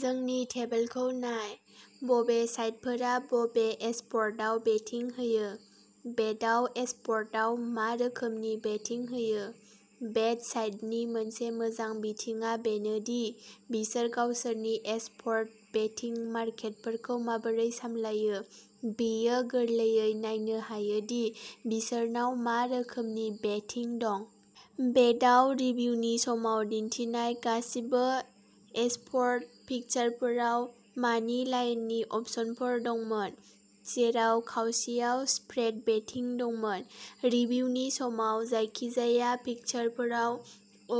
जोंनि टेबोलखौ नाय। बबे साइटफोरा बबे एस्प'र्टआव बेटिं होयो। बेटआव एस्प'र्टआव मा रोखोमनि बेटिं होयो? बेट साइटनि मोनसे मोजां बिथिंआ बेनो दि बिसोर गावसोरनि एस्प'र्ट बेटिं मार्केटफोरखौ माबोरै सामलायो, बेयो गोरलैयै नायनो हायो दि बिसोरनाव मा रोखोमनि बेटिं दं। बेटआव रिभिउनि समाव दिन्थिनाय गासिबो एस्प'र्ट फिक्सारफोराव मानि लाइननि अपसनफोर दंमोन, जेराव खावसेयाव स्प्रेड बेटिं दंमोन। रिभिउनि समाव जायखिजाया फिक्सारफोराव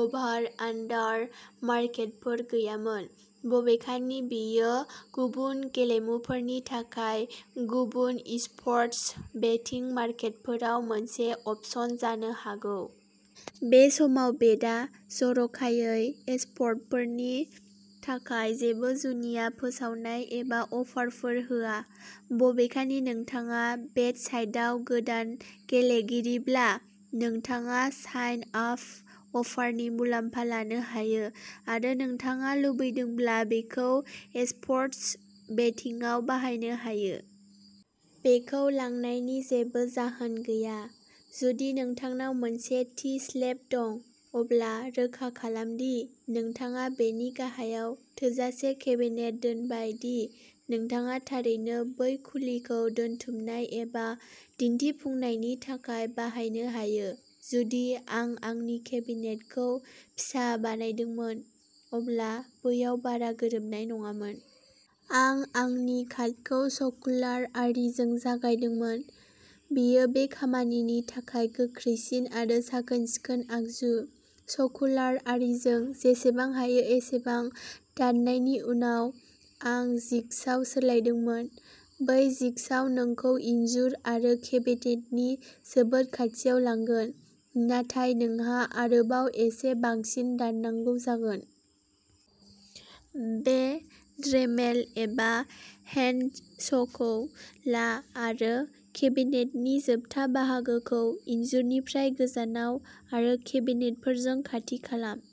अभार/आन्डार मार्केटफोर गैयामोन, बबेखानि बेयो गुबुन गेलेमुफोरनि थाखाय गुबुन इस्प'र्टस बेटिं मार्केटफोराव मोनसे अपसन जानो हागौ। बे समाव बेटआ जर'खायै एस्प'र्टफोरनि थाखाय जेबो जुनिया फोसावनाय एबा अफारफोर होआ। बबेखानि नोंथाङा बेट साइटआव गोदान गेलेगिरिब्ला, नोंथाङा साइन आप अफारनि मुलाम्फा लानो हायो आरो नोंथाङा लुबैदोंब्ला बेखौ एस्प'र्टस बेटिंआव बाहायनो हायो। बेखौ लांनायनि जेबो जाहोन गैया। जुदि नोंथांनाव मोनसे थि शेल्फ दं, अब्ला रोखा खालाम दि नोंथाङा बेनि गाहायाव थोजासे केबिनेट दोनबाय दि नोंथाङा थारैनो बै खुलिखौ दोनथुमनाय एबा दिन्थिफुंनायनि थाखाय बाहायनो हायो। जुदि आं आंनि केबिनेटखौ फिसा बानायदोंमोन, अब्ला बैयाव बारा गोरोबनाय नङामोन। आं आंनि काटखौ सर्कुलार आरीजों जागायदोंमोन। बेयो बे खामानिनि थाखाय गोख्रैसिन आरो साखोन-सिखोन आगजु। सर्कुलार आरीजों जेसेबां हायो एसेबां दाननायनि उनाव, आं जिगसाव सोलायदोंमोन। बै जिगसाव नोंखौ इनजुर आरो केबिनेटनि जोबोद खाथियाव लांगोन, नाथाय नोंहा आरोबाव एसे बांसिन दाननांगौ जागोन। बे ड्रेमेल एबा हेन्ड सखौ ला आरो केबिनेटनि जोबथा बाहागोखौ इनजुरनिफ्राय गोजानाव आरो केबिनेटफोरजों खाथि खालाम।